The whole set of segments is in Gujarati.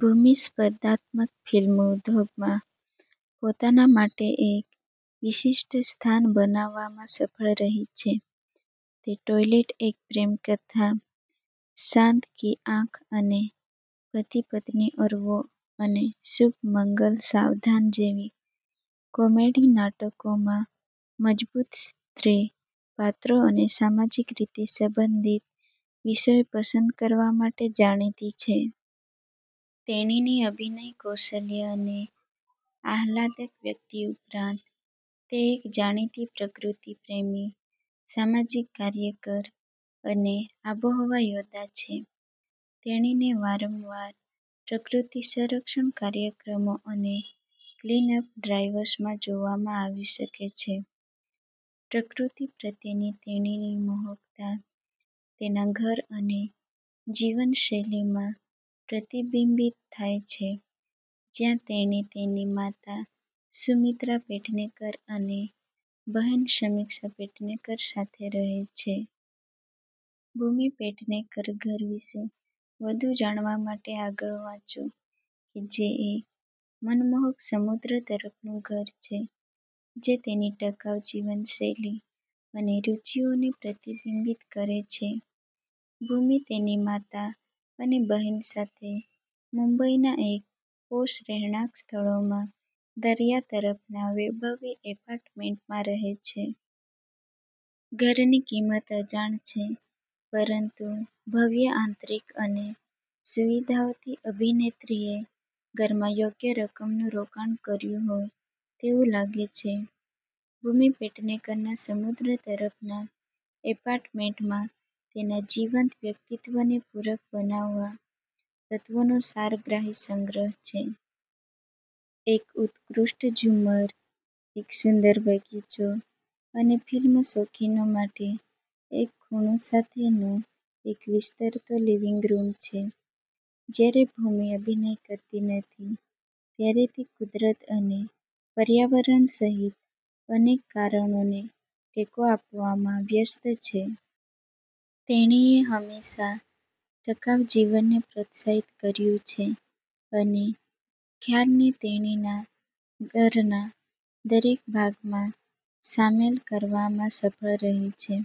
ભૂમિ સ્પર્ધાત્મક ફિલ્મ ઉદ્યોગમાં પોતાના માટે એક વિશિષ્ટ સ્થાન બનાવવામાં સફળ રહી છે. તે ટોયલેટ એક પ્રેમ કથા, સાંદ કી આંખ અને પતિ પત્ની ઔર વો અને શુભ મંગલ સાવધાન જેવી કોમેડી નાટકોમાં મજબૂત સ્ત્રી પાત્રો અને સામાજિક રીતે સંબંધિત વિષયો પસંદ કરવા માટે જાણીતી છે. તેણીની અભિનય કૌશલ્ય અને આહલાદક વ્યક્તિત્વ ઉપરાંત, તે એક જાણીતી પ્રકૃતિ પ્રેમી, સામાજિક કાર્યકર અને આબોહવા યોદ્ધા છે. તેણીને વારંવાર પ્રકૃતિ સંરક્ષણ કાર્યક્રમો અને ક્લીન-અપ ડ્રાઇવ્સમાં જોવામાં આવી શકે છે. પ્રકૃતિ પ્રત્યેની તેણીની મોહકતા તેના ઘર અને જીવનશૈલીમાં પ્રતિબિંબિત થાય છે, જ્યાં તેણી તેની માતા સુમિત્રા પેડનેકર અને બહેન સમિક્ષા પેડનેકર સાથે રહે છે. ભૂમિ પેડનેકર ઘર વિશે વધુ જાણવા માટે આગળ વાંચો કે જે એક મનમોહક સમુદ્ર તરફનું ઘર છે જે તેની ટકાઉ જીવનશૈલી અને રુચિઓને પ્રતિબિંબિત કરે છે. ભૂમિ તેની માતા અને બહેન સાથે મુંબઈના એક પોશ રહેણાંક સ્થળોમાં દરિયા તરફના વૈભવી એપાર્ટમેન્ટમાં રહે છે. ઘરની કિંમત અજાણ છે પરંતુ ભવ્ય આંતરિક અને સુવિધાઓથી અભિનેત્રીએ ઘરમાં યોગ્ય રકમનું રોકાણ કર્યું હોય તેવું લાગે છે. ભૂમિ પેડનેકરના સમુદ્ર તરફના એપાર્ટમેન્ટમાં તેના જીવંત વ્યક્તિત્વને પૂરક બનાવવા તત્વોનો સારગ્રાહી સંગ્રહ છે. એક ઉત્કૃષ્ટ ઝુમ્મર, એક સુંદર બગીચો અને ફિલ્મ શોખીનો માટે એક ખૂણો સાથેનો એક વિસ્તરતો લિવિંગ રૂમ છે. જ્યારે ભૂમિ અભિનય કરતી નથી, ત્યારે તે કુદરત અને પર્યાવરણ સહિત અનેક કારણોને ટેકો આપવામાં વ્યસ્ત છે. તેણીએ હંમેશા ટકાઉ જીવનને પ્રોત્સાહિત કર્યું છે અને ખ્યાલને તેણીના ઘરના દરેક ભાગમાં સામેલ કરવામાં સફળ રહી છે.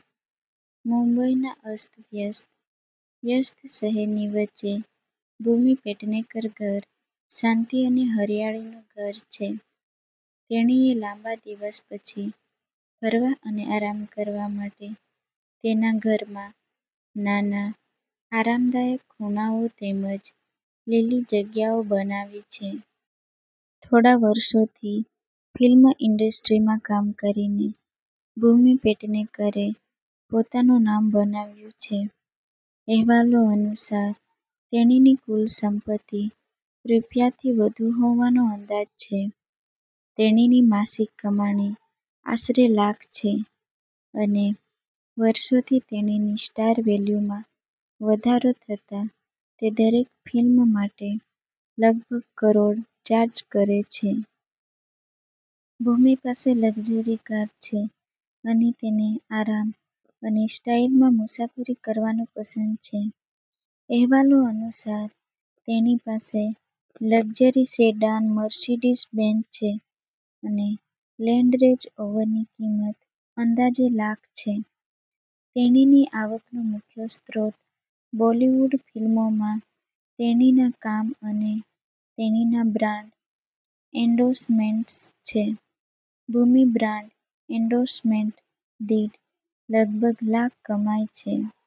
મુંબઈના અસ્તવ્યસ્ત, વ્યસ્ત શહેરની વચ્ચે ભૂમિ પેડનેકર ઘર શાંતિ અને હરિયાળીનું ઘર છે. તેણીએ લાંબા દિવસ પછી ફરવા અને આરામ કરવા માટે તેના ઘરમાં નાના, આરામદાયક ખૂણાઓ તેમજ લીલી જગ્યાઓ બનાવી છે. થોડાં વર્ષોથી ફિલ્મ ઈન્ડસ્ટ્રીમાં કામ કરીને ભૂમિ પેડનેકરે પોતાનું નામ બનાવ્યું છે. અહેવાલો અનુસાર, તેણીની કુલ સંપત્તિ રૂ. થી વધુ હોવાનો અંદાજ છે. તેણીની માસિક કમાણી આશરે લાખ છે અને વર્ષોથી તેણીની સ્ટાર વેલ્યુમાં વધારો થતાં તે દરેક ફિલ્મ માટે લગભગ કરોડ ચાર્જ કરે છે. ભૂમિ પાસે ઘણી લક્ઝરી કાર છે અને તેને આરામ અને સ્ટાઇલમાં મુસાફરી કરવાનું પસંદ છે. અહેવાલો અનુસાર, તેણી પાસે લક્ઝરી સેડાન મર્સિડીઝ બેન્ઝ છે અને લેન્ડ રેન્જ રોવરની કિંમત અંદાજે લાખ છે. તેણીની આવકનો મુખ્ય સ્ત્રોત બોલિવૂડ ફિલ્મોમાં તેણીના કામ અને તેણીના બ્રાન્ડ એન્ડોર્સમેન્ટ્સ છે. ભૂમિ બ્રાન્ડ એન્ડોર્સમેન્ટ દીઠ લગભગ લાખ કમાય છે.